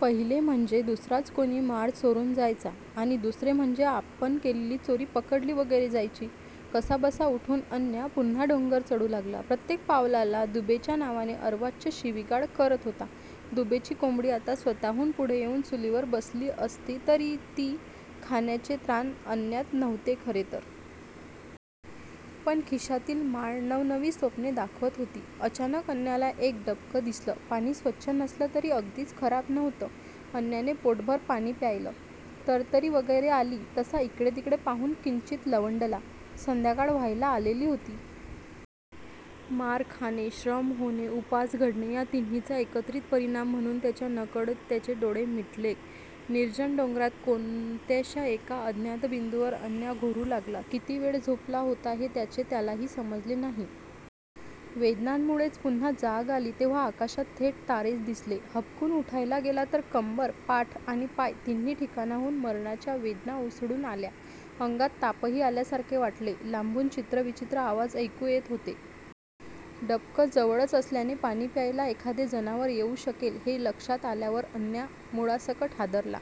पहिले म्हणजे दुसराच कोणी माळ चोरून जायचा. आणि दुसरे म्हणजे आपण केलेली चोरी पकडली वगैरे जायची. कसाबसा उठून अन्या पुन्हा डोंगर चढू लागला. प्रत्येक पावलाला दुबेच्या नावाने अर्वाच्य शिवीगाळ करत होता. दुबेची कोंबडी आत्ता स्वतःहून पुढे येऊन चुलीवर बसली असती तरी ती खाण्याचे त्राण अन्यात नव्हते खरे तर! पण खिशातील माळ नवनवी स्वप्ने दाखवत होती. अचानक अन्याला एक डबकं दिसलं! पाणी स्वच्छ नसलं तरी अगदीच खराब नव्हतं! अन्याने पोटभर पाणी प्यायलं! तरतरी वगैरे आली तसा इकडेतिकडे पाहून किंचित लवंडला. संध्याकाळ व्हायला आलेली होती. मार खाणे, श्रम होणे, उपास घडणे या तिन्हीचा एकत्रीत परिणाम म्हणून त्याच्या नकळत त्याचे डोळे मिटले. निर्जन डोंगरात कोणत्याश्या एका अज्ञात बिंदूवर अन्या घोरू लागला. किती वेळ झोपला होता हे त्याचे त्यालाही समजले नाही. वेदनांमुळेच पुन्हा जाग आली तेव्हा आकाशात थेट तारेच दिसले. हबकून उठायला गेला तर कंबर, पाठ आणि पाय तिन्ही ठिकाणाहून मरणाच्या वेदना उसळून आल्या. अंगात तापही असल्यासारखे वाटले. लांबून चित्रविचित्र आवाज ऐकू येत होते. डबकं जवळच असल्याने पाणी प्यायला एखादे जनावर येऊ शकेल हे लक्षात आल्यावर अन्या मुळासकट हादरला.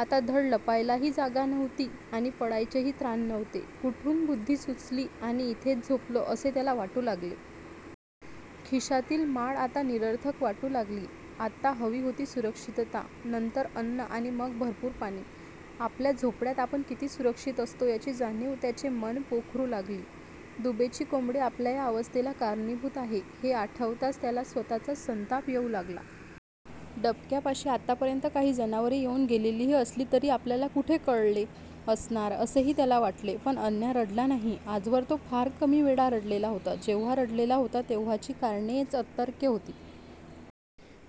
आता धड लपायलाही जागा नव्हती आणि पळायचेही त्राण नव्हते. कुठून बुद्धी सुचली आणि इथेच झोपलो असे त्याला वाटू लागले. खिशातली माळ आता निरर्थक वाटू लागली. आत्ता हवी होती सुरक्षितता, नंतर अन्न आणि मग भरपूर पाणी! आपल्या झोपड्यात आपण किती सुरक्षित असतो याची जाणीव त्याचे मन पोखरू लागली. दुबेची कोंबडी आपल्या या अवस्थेला कारणीभूत आहे हे आठवताच त्याला स्वतःचाच संताप येऊ लागला. डबक्यापाशी आत्तापर्यंत काही जनावरे येऊन गेलेलीही असली तरी आपल्याला कुठे कळले असणार असेही त्याला वाटले. पण अन्या रडला नाही. आजवर तो फार कमी वेळा रडलेला होता. जेव्हा रडलेला होता तेव्हाची कारणेच अतर्क्य होती.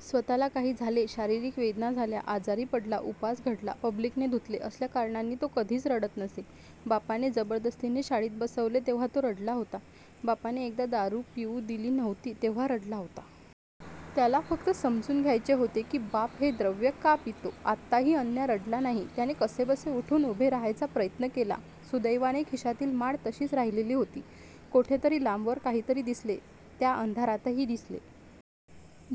स्वतःला काही झाले, शारीरिक वेदना झाल्या, आजारी पडला, उपास घडला, पब्लिकने धुतले असल्या कारणांनी तो कधीच रडत नसे. बापाने जबरदस्तीने शाळेत बसवले तेव्हा तो रडला होता. बापाने एकदा दारू पिऊ दिली नव्हती तेव्हा रडला होता. त्याला फक्त समजून घ्यायचे होते की बाप हे द्रव्य का पितो. आत्ताही अन्या रडला नाही. त्याने कसेबसे उठून उभे राहायचा प्रयत्न केला. सुदैवाने खिशातील माळ तशीच राहिलेली होती. कोठेतरी लांबवर काहीतरी दिसले. त्या अंधारातही दिसले.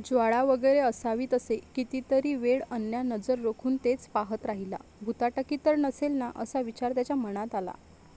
ज्वाळा वगैरे असावी तसे! कितीतरी वेळ अन्या नजर रोखून तेच पाहात राहिला. भुताटकी तर नसेल ना असा विचार त्याच्या मनात आला.